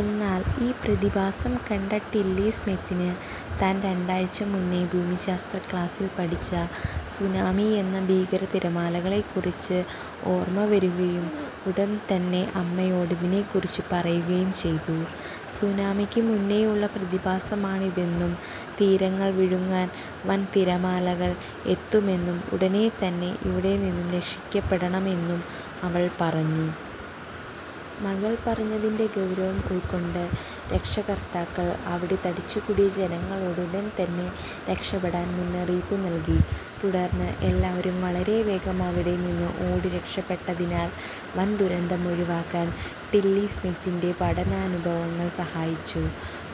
എന്നാൽ ഈ പ്രതിഭാസം കണ്ട ടില്ലി സ്മിത്തിന് താൻ രണ്ടാഴ്ച മുന്നേ ഭൂമിശാസ്ത്ര ക്ലാസിൽ പഠിച്ച സുനാമി എന്ന ഭീകര തിരമാലകളെക്കുറിച്ച് ഓർമ്മ വരുകയും ഉടൻ തന്നെ അമ്മയോട് ഇതിനെക്കുറിച്ച് പറയുകയും ചെയ്തു. സുനാമിക്കു മുന്നേയുളള പ്രതിഭാസമാണിതെന്നും തീരങ്ങൾ വിഴുങ്ങാൻ വൻ തിരമാലകൾ എത്തുമെന്നും ഉടനെ തന്നെ ഇവിടെ നിന്നും രക്ഷിക്കപ്പെടണമെന്നും അവൾ പറഞ്ഞു. മകൾ പറഞ്ഞതിന്റെ ഗൗരവം ഉൾക്കൊണ്ട് രക്ഷകർത്താക്കൾ അവിടെ തടിച്ചുകൂടിയ ജനങ്ങളോട് ഉടൻ തന്നെ രക്ഷപ്പെടാൻ മുന്നറിയിപ്പ് നൽകി. തുടർന്ന് എല്ലാവരും വളരെവേഗം അവിടെ നിന്ന് ഓടിരക്ഷപ്പെട്ടതിനാൽ വൻദുരന്തം ഒഴിവാക്കാൻ ടില്ലി സ്മിത്തിന്റെ പഠനാനുഭവങ്ങൾ സഹായിച്ചു.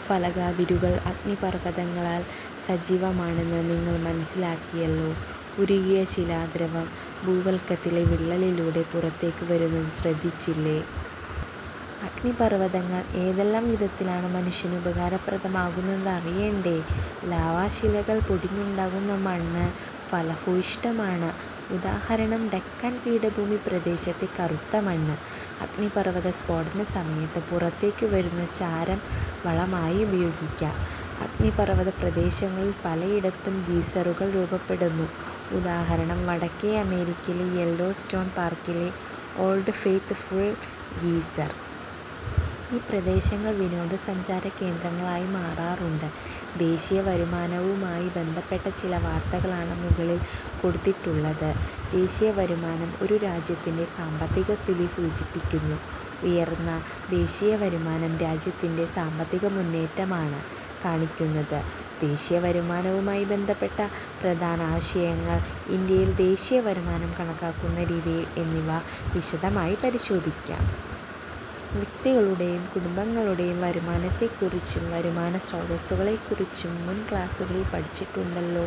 ഫലകാതിരുകൾ അഗ്നിപർവതങ്ങളാൽ സജീവമാണെന്ന് നിങ്ങൾ മനസ്സിലാക്കിയല്ലോ. ഉരുകിയ ശിലാദ്രവം ഭൂവൽക്കത്തിലെ വിള്ളലിലൂടെ പുറത്തേക്കു വരുന്നത് ശ്രദ്ധിച്ചില്ലേ. അഗ്നിപർവതങ്ങൾ ഏതെല്ലാം വിധത്തിലാണ് മനുഷ്യന് ഉപകാരപ്രദമാകുന്നതെന്നറിയേണ്ടേ? ലാവാശിലകൾ പൊടിഞ്ഞുണ്ടാകുന്ന മണ്ണ് ഫലഭൂയിഷ്ഠമാണ്. ഉദാഹരണം ഡക്കാൻ പീഠഭൂമി പ്രദേശത്തെ കറുത്തമണ്ണ്. അഗ്നിപർവതസ്ഫോടന സമയത്ത് പുറത്തേക്കു വരുന്ന ചാരം വളമായി ഉപയോഗിക്കാം. അഗ്നിപർവതപ്രദേശങ്ങളിൽ പലയിടത്തും ഗീസറുകൾ രൂപപ്പെടുന്നു. ഉദാഹരണം വടക്കെ അമേരിക്കയിലെ യെല്ലോ സ്റ്റോൺ പാർക്കിലെ ഓൾഡ് ഫെയ്ത് ഫുൾ ഗീസർ. ഈ പ്രദേശങ്ങൾ വിനോദ സഞ്ചാര കേന്ദ്രങ്ങളായി മാറാറുണ്ട്. ദേശീയവരുമാനവുമായി ബന്ധപ്പെട്ട ചില വാർത്തകളാണ് മുകളിൽ കൊടുത്തിട്ടുള്ളത്. ദേശീയവരുമാനം ഒരു രാജ്യത്തിന്റെ സാമ്പത്തികസ്ഥിതി സൂചിപ്പിക്കുന്നു. ഉയർന്ന ദേശീയ വരുമാനം രാജ്യത്തിന്റെ സാമ്പത്തികമുന്നേറ്റമാണ് കാണിക്കുന്നത്. ദേശീയവരുമാനവുമായി ബന്ധപ്പെട്ട പ്രധാനാശയങ്ങൾ, ഇന്ത്യയിൽ ദേശീയവരുമാനം കണക്കാക്കുന്ന രീതിയിൽ എന്നിവ വിശദമായി പരിശോധിക്കാം. വ്യക്തികളുടെയും കുടുംബങ്ങളുടെയും വരുമാനത്തെക്കുറിച്ചും വരുമാനസ്രോതസ്സുകളെക്കുറിച്ചും മുൻ ക്ലാസുകളിൽ പഠിച്ചിട്ടുണ്ടല്ലോ.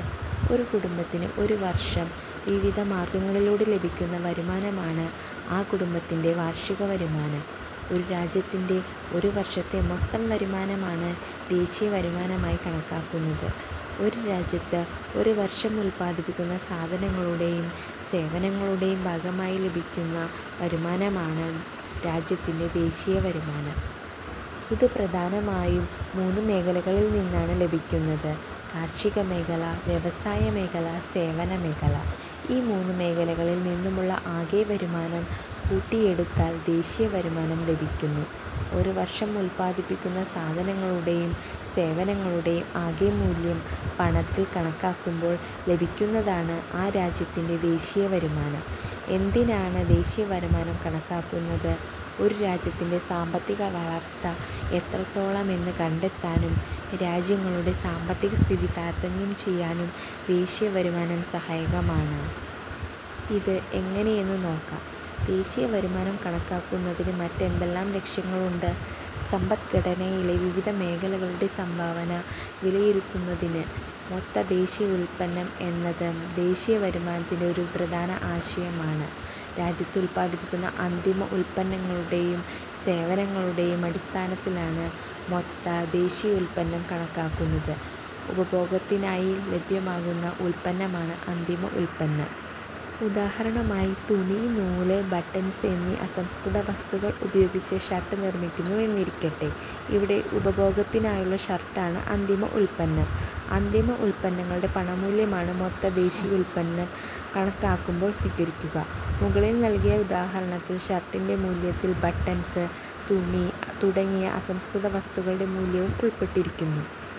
ഒരു കുടുംബത്തിന് ഒരുവർഷം വിവിധ മാർഗങ്ങളിലൂടെ ലഭിക്കുന്ന വരുമാനമാണ് ആ കുടുംബത്തിന്റെ വാർഷികവരുമാനം. ഒരു രാജ്യത്തിന്റെ ഒരു വർഷത്തെ മൊത്തം വരുമാനമാണ് ദേശീയവരുമാനമായി കണക്കാക്കുന്നത്. ഒരു രാജ്യത്ത് ഒരു വർഷം ഉൽപ്പാദിപ്പിക്കുന്ന സാധനങ്ങളുടെയും സേവനങ്ങളുടെയും ഭാഗമായി ലഭിക്കുന്ന വരുമാനമാണ് രാജ്യത്തിന്റെ ദേശീയവരുമാനം. ഇത് പ്രധാനമായും മൂന്നു മേഖലകളിൽനിന്നാണ് ലഭിക്കുന്നത്. കാർഷികമേഖല, വ്യവസായമേഖല, സേവനമേഖല. ഈ മൂന്നു മേഖലകളിൽ നിന്നുമുള്ള ആകെ വരുമാനം കൂട്ടിയെടുത്താൽ ദേശീയവരുമാനം ലഭിക്കുന്നു. ഒരുവർഷം ഉൽപ്പാദിപ്പിക്കുന്ന സാധനങ്ങളുടെയും സേവനങ്ങളുടെയും ആകെ മൂല്യം പണത്തിൽ കണക്കാക്കുമ്പോൾ ലഭിക്കുന്നതാണ് ആ രാജ്യത്തിന്റെ ദേശീയവരുമാനം. എന്തിനാണ് ദേശീയവരുമാനം കണക്കാക്കുന്നത്? ഒരു രാജ്യത്തിന്റെ സാമ്പത്തികവളർച്ച എത്രത്തോളമെന്ന് കണ്ടെത്താനും രാജ്യങ്ങളുടെ സാമ്പത്തികസ്ഥിതി താരതമ്യം ചെയ്യാനും ദേശീയവരുമാനം സഹായകമാണ്. ഇത് എങ്ങനെയെന്നു നോക്കാം. ദേശീയവരുമാനം കണക്കാക്കുന്നതിന് മറ്റെന്തെല്ലാം ലക്ഷ്യങ്ങളുണ്ട്? സമ്പദ്ഘടനയിലെ വിവിധ മേഖലകളുടെ സംഭാവന വിലയിരുത്തുന്നതിന്. മൊത്ത ദേശീയ ഉൽപ്പന്നം എന്നത് ദേശീയവരുമാനത്തിന്റെ ഒരു പ്രധാന ആശയമാണ്. രാജ്യത്ത് ഉൽപ്പാദിപ്പിക്കുന്ന അന്തിമ ഉൽപ്പന്നങ്ങളുടെയും സേവനങ്ങളുടെയും അടിസ്ഥാനത്തിലാണ് മൊത്ത ദേശീയ ഉൽപ്പന്നം കണക്കാക്കുന്നത്. ഉപഭോഗത്തിനായി ലഭ്യമാകുന്ന ഉൽപ്പന്നമാണ് അന്തിമ ഉൽപ്പന്നം. ഉദാഹരണമായി, തുണി, നൂൽ, ബട്ടൺസ് എന്നീ അസംസ്കൃതവസ്തുക്കൾ ഉപയോഗിച്ച് ഷർട്ട് നിർമിക്കുന്നു എന്നിരിക്കട്ടെ. ഇവിടെ ഉപഭോഗത്തിനായുള്ള ഷർട്ട് ആണ് അന്തിമ ഉൽപ്പന്നം. അന്തിമ ഉൽപ്പന്നങ്ങളുടെ പണമൂല്യമാണ് മൊത്ത ദേശീയ ഉൽപ്പന്നം കണക്കാക്കുമ്പോൾ സ്വീകരിക്കുക. മുകളിൽ നൽകിയ ഉദാഹരണത്തിൽ ഷർട്ടിന്റെ മൂല്യത്തിൽ ബട്ടൻസ്, തുണി തുടങ്ങിയ അസംസ്കൃതവസ്തുക്കളുടെ മൂല്യവും ഉൾപ്പെട്ടിരിക്കുന്നു.